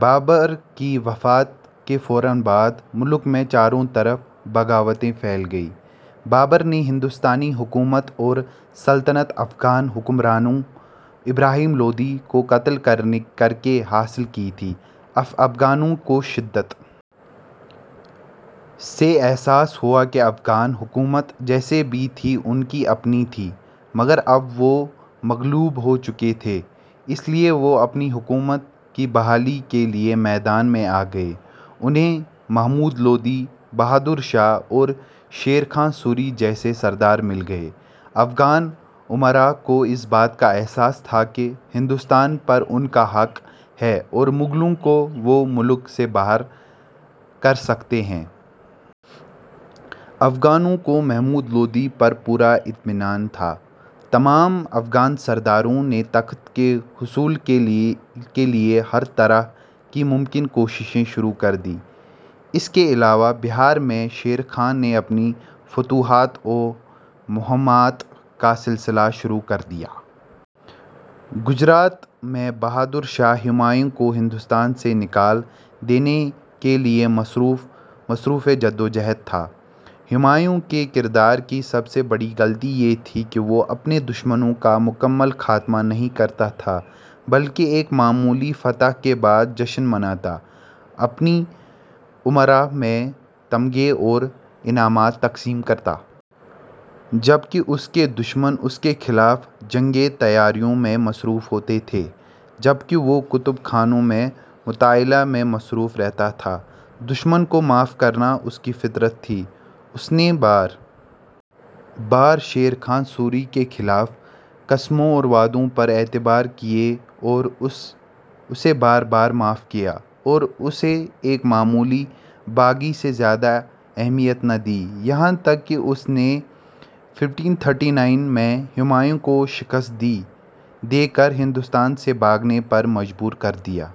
بابر کی وفات کے فوراً بعد ملک میں چاروں طرف بغاوتیں پھیل گئیں۔ بابر نے ہندوستانی حکومت اور سلطنت افغان حکمران ابراہیم لودھی کو قتل کرکے حاصل کی تھی اب افغانوں کو شدت سے احساس ہواکہ افغان حکومت جیسی بھی تھی ان کی اپنی تھی مگر اب وہ مغلوب ہو چکے تھے اس لیے وہ اپنی حکومت کی بحالی کے لیے میدان میں آ گئے انھیں محمود لودھی، بہادر شاہ اور شیر خان سوری جیسے سردار مل گئے افغان امرا کو اس بات کا احساس تھا کہ ہندوستان پر ان کا حق ہے اور مغلوں کو وہ ملک سے نکال باہر کرسکتے ہیں۔ افغانوں کو محمود لودھی پر پورا اطمینان تھا۔ تمام افغان سرداروں نے تخت کے حصول کے لیے ہرطرح کی ممکن کوششیں شروع کر دیں۔ اس کے علاوہ بہار میں شیر خان نے اپنی فتوحات و مہمات کا سلسلہ شروع کر دیا۔ گجرات میں بہادر شاہ ہمایوں کو ہندوستان سے نکال دینے کے لیے مصروفِ جِدوجُہد تھا۔ ہمایوں کے کردار کی سب سے بڑی غلطی یہ تھی کہ وہ اپنے دشمنوں کا مکمل خاتمہ نہیں کرتاتھا بلکہ ایک معمولی فتح کے بعد جشن مناتا اپنے امرا میں تمغے اور انعامات تقسیم کرتا۔ جبکہ اس کے دشمن اس کے خلاف جنگی تیاریوں میں مصروف ہوتے تھے جبکہ وہ کتب خانوں میں مطالعہ میں مصروف رہتاتھا دشمن کو معاف کرنا اس کی فطرت تھی اس نے بار بار شیرخان سوری کے حلف، قسموں اور وعدوں پر اعتبار کیا اور اسے بار بار معاف کیا اور اسے ایک معمولی باغی سے زیادہ اہمیت نہ دی یہاں تک کہ اس نے ء میں ہمایوں کو شکست دے کر ہندوستان سے بھاگنے پر مجبور کر دیا۔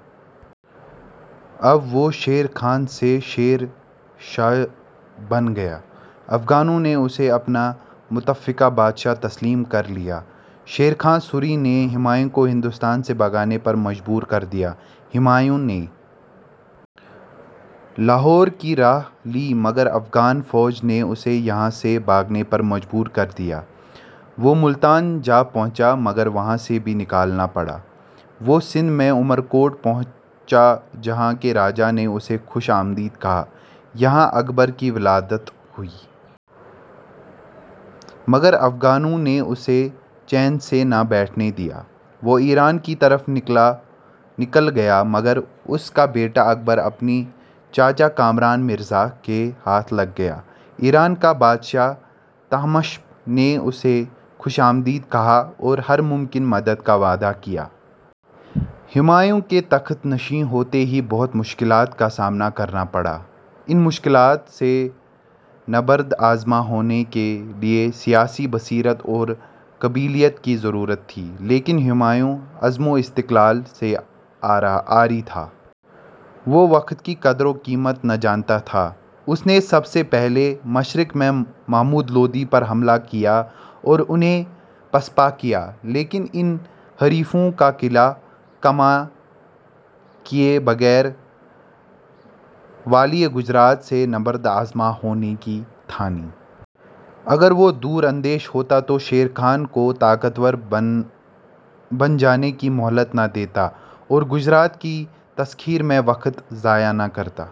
اب وہ شیر خان سے شیر شاہ بن گیا افغانوں نے اسے اپنا متفقہ بادشاہ تسلیم کر لیا۔ شیر شاہ سوری نے ہمایوں کو ہندوستان سے بھاگنے پر مجبور کر دیا ہمایوں نے لاہور کی راہ لی مگر افغان فوج نے اسے یہاں سے بھاگنے پر مجبور کر دیا وہ ملتان جا پہنچا مگر وہاں سے بھی نکلنا پڑاوہ سندھ میں عمر کوٹ پہنچا جہاں کے راجا نے اسے خوش آمدید کہا یہاں اکبر کی ولادت ہوئی۔ مگر افغانوں نے اسے چین سے نہ بیٹھنے دیا وہ ایران کی طرف نکل گیا مگر اس کا بیٹا اکبر اپنے چچا کامران مرزا کے ہاتھ لگ گیا ایران کے بادشاہ طہماسپ نے اسے خوش آمدید کہا اور ہر ممکن مدد کا وعدہ کیا۔ ہمایوں کے تخت نشین ہوتے ہی بہت مشکلات کا سامنا کرنا پڑا۔ ان مشکلات سے نبرد آزما ہونے کے لیے سیاسی بصیرت اور قابلیت کی ضرورت تھی لیکن ہمایوں عزم و استقلال سے عاری تھا۔ وہ وقت کی قدر و قیمت نہ جانتا تھا۔ اس نے سب سے پہلے مشرق میں محمود لودھی پر حملے کیے اور انھیں پسپا کیا لیکن ان حریفوں کا قلع قمع کیے بغیر والئ گجرات سے نبرد آزما ہونے کی ٹھانی۔ اگر وہ دور اندیش ہوتا تو شیر خان کو طاقتور بن جانے کی مہلت نہ دیتا اور گجرات کی تسخیر میں وقت ضائع نہ کرتا۔